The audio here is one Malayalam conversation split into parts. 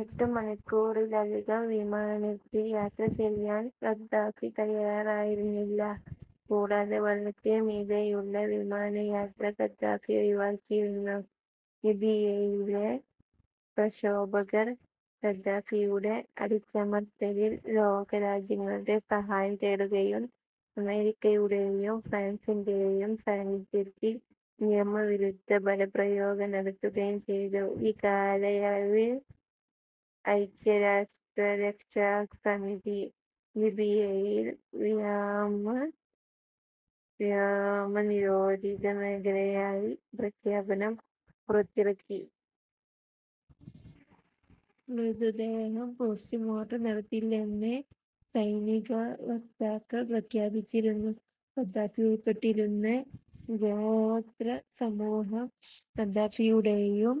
എട്ടു മണിക്കൂറിലധികം വിമാനത്തിൽ യാത്ര ചെയ്യാൻ ഖദ്ദാഫി തയ്യാറായിരുന്നില്ല. കൂടാതെ വെള്ളത്തിനു മീതെയുള്ള വിമാനയാത്ര ഖദ്ദാഫി ഒഴിവാക്കിയിരുന്നു. ലിബിയയിലെ പ്രഷോഭകർ ഖദ്ദാഫിയുടെ അടിച്ചമർത്തലിൽ ലോകരാജ്യങ്ങളുടെ സഹായം തേടുകയും അമേരിക്കയുടെയും ഫ്രാൻസിന്റെയും സാന്നിധ്യത്തിൽ നിയമവിരുദ്ധ ബലപ്രയോഗം നടത്തുകയും ചെയ്തു. ഈ കാലയളവിൽ ഐക്യരാഷ്ട്ര രക്ഷാസമിതി ലിബിയയിൽ വ്യോമനിരോധിത മേഖലയായി പ്രഖ്യാപനം പുറത്തിറക്കി. മൃതദേഹം പോസ്റ്റ്മോർട്ടം നടത്തില്ലെന്ന് സൈനികവക്താക്കൾ പ്രഖ്യാപിച്ചിരുന്നു. ഖദ്ദാഫി ഉൾപ്പെട്ടിരുന്ന ഗോത്രസമൂഹം ഖദ്ദാഫിയുടെയും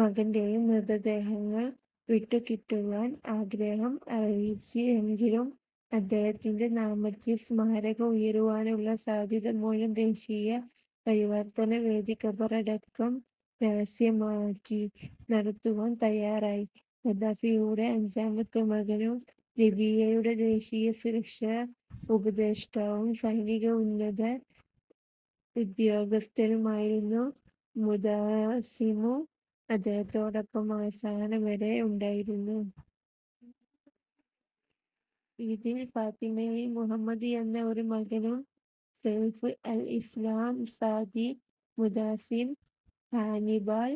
മകന്റെയും മൃതദേഹങ്ങൾ വിട്ടുകിട്ടുവാൻ ആഗ്രഹം അറിയിച്ചെങ്കിലും അദ്ദേഹത്തിന്റെ നാമത്തിൽ സ്മാരകം ഉയരുവാനുള്ള സാധ്യത മൂലം ദേശീയ പരിവർത്തന വേദി കബറടക്കം രഹസ്യമാക്കി നടത്തുവാൻ തയ്യാറായി. ഖദ്ദാഫിയുടെ അഞ്ചാമത്തെ മകനും ലിബിയയുടെ ദേശീയ സുരക്ഷാ ഉപദേഷ്ടാവും സൈനിക ഉന്നത ഉദ്യോഗസ്ഥനുമായിരുന്നു മുതാസിമും അദ്ദേഹത്തോടൊപ്പം അവസാനം വരെയുണ്ടായിരുന്നു. ഇതിൽ ഫാത്തിമയിൽ മുഹമ്മദ് എന്ന ഒരു മകനും Saif al Islam, Saadi, Mutassim, Hannibal,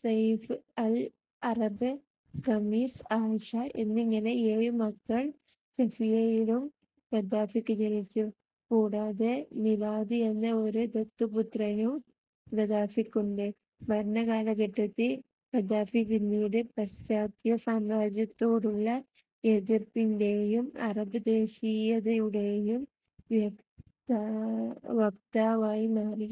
Saif al Arab, Khamis, Aisha എന്നിങ്ങനെ ഏഴു മക്കൾ സഫിയയിലും ഖദ്ദാഫിക്കു ജനിച്ചു. കൂടാതെ മിലാദ് എന്ന ഒരു ദത്തുപുത്രനും ഗദാഫിക്കുണ്ട്. ഭരണകാലഘട്ടത്തിൽ ഖദ്ദാഫി പിന്നീട് പാശ്ചാത്യ സാമ്രാജ്യത്വത്തോടുള്ള എതിർപ്പിന്റെയും അറബ് ദേശീയതയുടെയും വക്താവായി മാറി.